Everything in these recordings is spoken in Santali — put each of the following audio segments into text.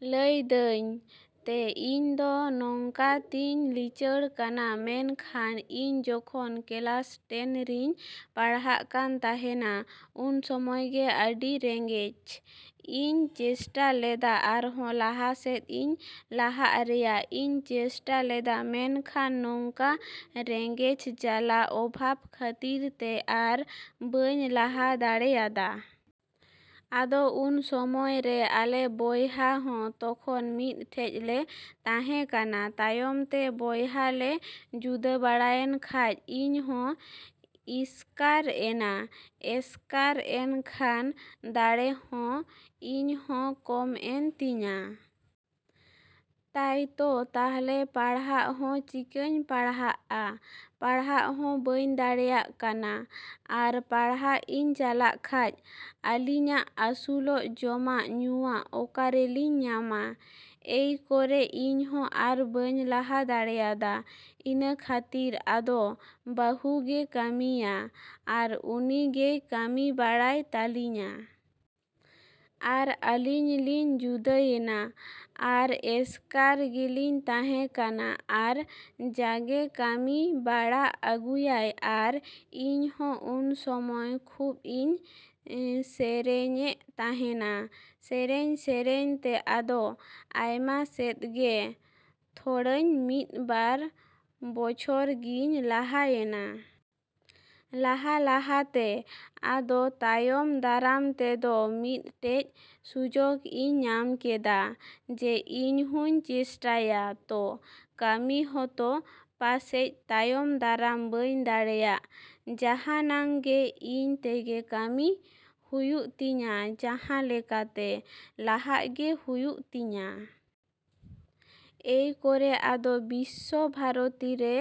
ᱞᱟᱹᱭ ᱫᱟᱹᱧ ᱛᱮ ᱤᱧ ᱫᱚ ᱱᱚᱝᱠᱟ ᱛᱤᱧ ᱞᱤᱪᱟᱹᱲ ᱠᱟᱱᱟ ᱢᱮᱱᱠᱷᱟᱱ ᱤᱧ ᱡᱚᱠᱷᱚᱱ ᱠᱮᱞᱟᱥ ᱴᱮᱱ ᱨᱤᱧ ᱯᱟᱲᱦᱟᱜ ᱠᱟᱱ ᱛᱟᱸᱦᱮᱱᱟ ᱩᱱ ᱥᱚᱢᱚᱭ ᱜᱮ ᱟᱹᱰᱤ ᱨᱮᱸᱜᱮᱪ ᱾ ᱤᱧ ᱪᱮᱥᱴᱟ ᱞᱮᱫᱟ ᱟᱨᱦᱚᱸ ᱞᱟᱦᱟ ᱥᱮᱫ ᱤᱧ ᱞᱟᱦᱟᱜ ᱨᱮᱭᱟᱜ ᱤᱧ ᱪᱮᱥᱴᱟ ᱞᱮᱫᱟ ᱢᱮᱱᱠᱷᱟᱱ ᱱᱚᱝᱠᱟ ᱨᱮᱸᱜᱮᱪ ᱡᱟᱞᱟ ᱚᱵᱷᱟᱵ ᱠᱷᱟᱹᱛᱤᱨ ᱛᱮ ᱟᱨ ᱵᱟᱹᱧ ᱞᱟᱦᱟ ᱫᱟᱲᱮᱭᱟᱫᱟ ᱾ ᱟᱫᱚ ᱩᱱ ᱥᱚᱢᱚᱭ ᱨᱮ ᱟᱞᱮ ᱵᱚᱭᱦᱟ ᱦᱚᱸ ᱛᱚᱠᱷᱚᱱ ᱢᱤᱫ ᱴᱷᱮᱡ ᱞᱮ ᱛᱟᱸᱦᱮ ᱠᱟᱱᱟ ᱛᱟᱭᱚᱢ ᱛᱮ ᱵᱚᱭᱦᱟ ᱞᱮ ᱡᱩᱫᱟᱹ ᱵᱟᱲᱟᱭᱮᱱ ᱠᱷᱟᱡ ᱤᱧ ᱦᱚᱸ ᱤᱥᱠᱟᱨ ᱮᱱᱟ ᱾ ᱮᱥᱠᱟᱨ ᱮᱱ ᱠᱷᱟᱱ ᱫᱟᱲᱮ ᱦᱚᱸ ᱤᱧ ᱦᱚᱸ ᱠᱚᱢ ᱮᱱ ᱛᱤᱧᱟ ᱾ ᱛᱟᱭᱛᱚ ᱛᱟᱦᱞᱮ ᱯᱟᱲᱦᱟᱜ ᱦᱚᱸ ᱪᱤᱠᱟᱹᱧ ᱯᱟᱲᱦᱟᱜᱼᱟ ᱾ ᱯᱟᱲᱦᱟᱜ ᱦᱚᱸ ᱵᱟᱹᱧ ᱫᱟᱲᱮᱭᱟᱜ ᱠᱟᱱᱟ ᱟᱨ ᱯᱟᱲᱦᱟᱜ ᱤᱧ ᱪᱟᱞᱟᱜ ᱠᱷᱟᱡ ᱟᱹᱞᱤᱧᱟᱜ ᱟᱹᱥᱩᱞᱚᱜ ᱡᱚᱢᱟᱜ ᱧᱩᱣᱟᱜ ᱚᱠᱟᱨᱮᱞᱤᱧ ᱧᱟᱢᱟ ᱾ ᱮᱭ ᱠᱚᱨᱮ ᱤᱧᱦᱚᱸ ᱟᱨ ᱵᱟᱹᱧ ᱞᱟᱦᱟ ᱫᱟᱲᱮᱭᱟᱫᱟ ᱾ ᱤᱱᱟᱹ ᱠᱷᱟᱹᱛᱤᱨ ᱟᱫᱚ ᱵᱟᱹᱦᱩ ᱜᱮ ᱠᱟᱹᱢᱤᱭᱟ ᱟᱨ ᱩᱱᱤ ᱜᱮᱭ ᱠᱟᱹᱢᱤ ᱵᱟᱲᱟᱭ ᱛᱟᱹᱞᱤᱧᱟ ᱾ ᱟᱨ ᱟᱹᱞᱤᱧ ᱞᱤᱧ ᱡᱩᱫᱟᱹᱭᱮᱱᱟ ᱟᱨ ᱮᱥᱠᱟᱨ ᱜᱮᱞᱤᱧ ᱛᱟᱸᱦᱮ ᱠᱟᱱᱟ ᱟᱨ ᱡᱟᱜᱮ ᱠᱟᱹᱢᱤ ᱵᱟᱲᱟ ᱟᱹᱜᱩᱭᱟᱭ ᱟᱨ ᱤᱧᱦᱚᱸ ᱩᱱ ᱥᱚᱢᱚᱭ ᱠᱷᱩᱵ ᱤᱧ ᱥᱮᱨᱮᱧᱮᱜ ᱛᱟᱸᱦᱮᱱᱟ ᱾ ᱥᱮᱨᱮᱧ ᱥᱮᱨᱮᱧ ᱛᱮ ᱟᱫᱚ ᱟᱭᱢᱟ ᱥᱮᱫ ᱜᱮ ᱛᱷᱚᱲᱟᱧ ᱢᱤᱫ ᱵᱟᱨ ᱵᱚᱪᱷᱚᱨ ᱜᱤᱧ ᱞᱟᱦᱟᱭᱮᱱᱟ ᱾ ᱞᱟᱦᱟ ᱞᱟᱦᱟ ᱛᱮ ᱟᱫᱚ ᱛᱟᱭᱚᱢ ᱫᱟᱨᱟᱢ ᱛᱮᱫᱚ ᱢᱤᱫᱴᱮᱡ ᱥᱩᱡᱩᱜ ᱤᱧ ᱧᱟᱢ ᱠᱮᱫᱟ ᱡᱮ ᱤᱧ ᱦᱚᱧ ᱪᱮᱥᱴᱟᱭᱟ ᱛᱚ ᱠᱟᱹᱢᱤ ᱦᱚᱛᱚ ᱯᱟᱥᱮᱡ ᱛᱟᱭᱚᱢ ᱫᱟᱨᱟᱢ ᱵᱟᱹᱧ ᱫᱟᱲᱮᱭᱟᱜ ᱡᱟᱸᱦᱟᱱᱟᱝ ᱜᱮ ᱤᱧ ᱛᱮᱜᱮ ᱠᱟᱹᱢᱤ ᱦᱩᱭᱩᱜ ᱛᱤᱧᱟ ᱡᱟᱸᱦᱟ ᱞᱮᱠᱟᱛᱮ ᱞᱟᱦᱟᱜ ᱜᱮ ᱦᱩᱭᱩᱜ ᱛᱤᱧᱟ ᱾ ᱮᱭ ᱠᱚᱨᱮ ᱟᱫᱚ ᱵᱤᱥᱥᱚ ᱵᱷᱟᱨᱚᱛᱤ ᱨᱮ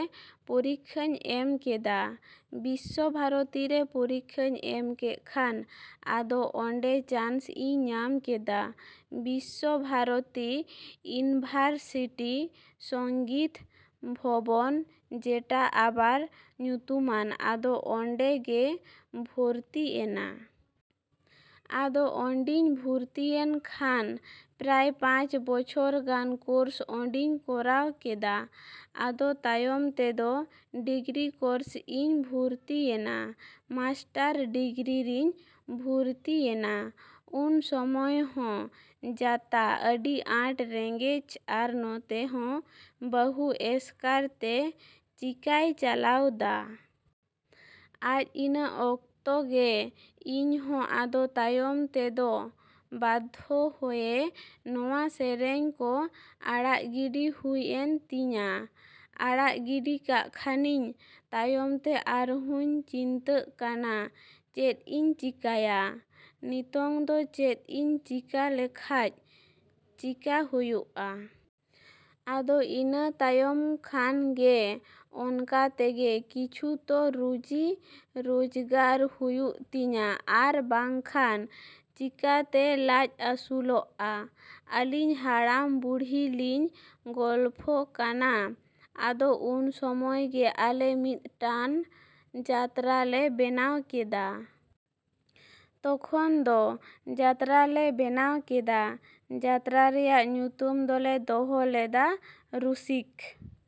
ᱯᱚᱨᱤᱠᱷᱟᱧ ᱮᱢ ᱠᱮᱫᱟ ᱾ ᱵᱤᱥᱥᱚ ᱵᱷᱟᱨᱚᱛᱤ ᱨᱮ ᱯᱚᱨᱤᱠᱷᱟᱧ ᱮᱢ ᱠᱮᱜ ᱠᱷᱟᱱ ᱟᱫᱚ ᱚᱱᱰᱮ ᱪᱟᱱᱥ ᱤᱧ ᱧᱟᱢ ᱠᱟᱫᱟ ᱾ ᱵᱤᱥᱥᱚ ᱵᱷᱟᱨᱚᱛᱤ ᱤᱱᱵᱷᱟᱨᱥᱤᱴᱤ ᱥᱚᱝᱜᱤᱛ ᱵᱷᱚᱵᱚᱱ ᱡᱮᱴᱟ ᱟᱵᱟᱨ ᱧᱩᱛᱩᱢᱟᱱ ᱟᱫᱚ ᱚᱱᱰᱮ ᱜᱮ ᱵᱷᱚᱛᱤ ᱮᱱᱟ ᱾ ᱟᱫᱚ ᱚᱱᱰᱮᱧ ᱵᱷᱚᱛᱤᱭᱮᱱ ᱠᱷᱟᱱ ᱯᱨᱟᱭ ᱯᱟᱸᱪ ᱵᱚᱪᱷᱚᱨ ᱜᱟᱱ ᱠᱳᱨᱥ ᱚᱱᱰᱮᱧ ᱠᱚᱨᱟᱣ ᱠᱮᱫᱟ ᱾ ᱟᱫᱚ ᱛᱟᱭᱚᱢ ᱛᱮᱫᱚ ᱰᱤᱜᱽᱨᱤ ᱠᱳᱨᱥ ᱤᱧ ᱵᱷᱚᱨᱛᱤᱭᱮᱱᱟ ᱾ ᱢᱟᱥᱴᱟᱨ ᱰᱤᱜᱽᱨᱤ ᱨᱤᱧ ᱵᱷᱚᱨᱛᱤᱭᱮᱱᱟ ᱩᱱ ᱥᱚᱢᱚᱭ ᱦᱚᱸ ᱡᱟᱛᱟ ᱟᱹᱰᱤ ᱟᱸᱴ ᱨᱮᱸᱜᱮᱪ ᱟᱨ ᱱᱚᱛᱮ ᱦᱚᱸ ᱵᱟᱹᱦᱩ ᱮᱥᱠᱟᱨ ᱛᱮ ᱪᱤᱠᱟᱭ ᱪᱟᱞᱟᱣ ᱫᱟ ᱾ ᱟᱡ ᱤᱱᱟᱹ ᱚᱠᱛᱚ ᱜᱮ ᱤᱧ ᱦᱚᱸ ᱟᱫᱚ ᱛᱟᱭᱚᱢ ᱛᱮᱫᱚ ᱵᱟᱫᱽᱫᱷᱚ ᱦᱚᱭᱮ ᱱᱚᱣᱟ ᱥᱮᱨᱮᱧ ᱠᱚ ᱟᱲᱟᱜ ᱜᱤᱰᱤ ᱦᱩᱭ ᱮᱱ ᱛᱤᱧᱟ ᱾ ᱟᱲᱟᱜ ᱜᱤᱰᱤ ᱠᱟᱜ ᱠᱷᱟᱱᱤᱧ ᱛᱟᱭᱚᱢ ᱛᱮ ᱟᱨᱦᱚᱧ ᱪᱤᱱᱛᱟᱹᱜ ᱠᱟᱱᱟ ᱪᱮᱫ ᱤᱧ ᱪᱤᱠᱟᱭᱟ ᱱᱤᱛᱚᱝ ᱫᱚ ᱪᱮᱫ ᱤᱧ ᱪᱤᱠᱟ ᱞᱮᱠᱷᱟᱡ ᱪᱤᱠᱟ ᱦᱩᱭᱩᱜᱼᱟ ᱾ ᱟᱫᱚ ᱤᱱᱟᱹ ᱛᱟᱭᱚᱢ ᱠᱷᱟᱱ ᱜᱮ ᱚᱱᱠᱟ ᱛᱮᱜᱮ ᱠᱤᱪᱷᱩ ᱛᱚ ᱨᱩᱡᱤ ᱨᱳᱡᱜᱟᱨ ᱦᱩᱭᱩᱜ ᱛᱤᱧᱟ ᱟᱨ ᱵᱟᱝᱠᱷᱟᱱ ᱪᱤᱠᱟᱛᱮ ᱞᱟᱡ ᱟᱹᱥᱩᱞᱚᱜᱼᱟ ᱾ ᱟᱹᱞᱤᱧ ᱦᱟᱲᱟᱢ ᱵᱩᱲᱦᱤ ᱞᱤᱧ ᱜᱚᱞᱯᱷᱚ ᱠᱟᱱᱟ ᱟᱫᱚ ᱩᱱ ᱥᱚᱢᱚᱭ ᱜᱮ ᱟᱞᱮ ᱢᱤᱫᱴᱟᱱ ᱡᱟᱛᱨᱟ ᱞᱮ ᱵᱮᱱᱟᱣ ᱠᱮᱫᱟ ᱾ ᱛᱚᱠᱷᱚᱱ ᱫᱚ ᱡᱟᱛᱨᱟ ᱞᱮ ᱵᱮᱱᱟᱣ ᱠᱮᱫᱟ ᱾ ᱡᱟᱛᱨᱟ ᱨᱮᱭᱟᱜ ᱧᱩᱛᱩᱢ ᱫᱚᱞᱮ ᱫᱚᱦᱚ ᱞᱮᱫᱟ ᱨᱩᱥᱤᱠ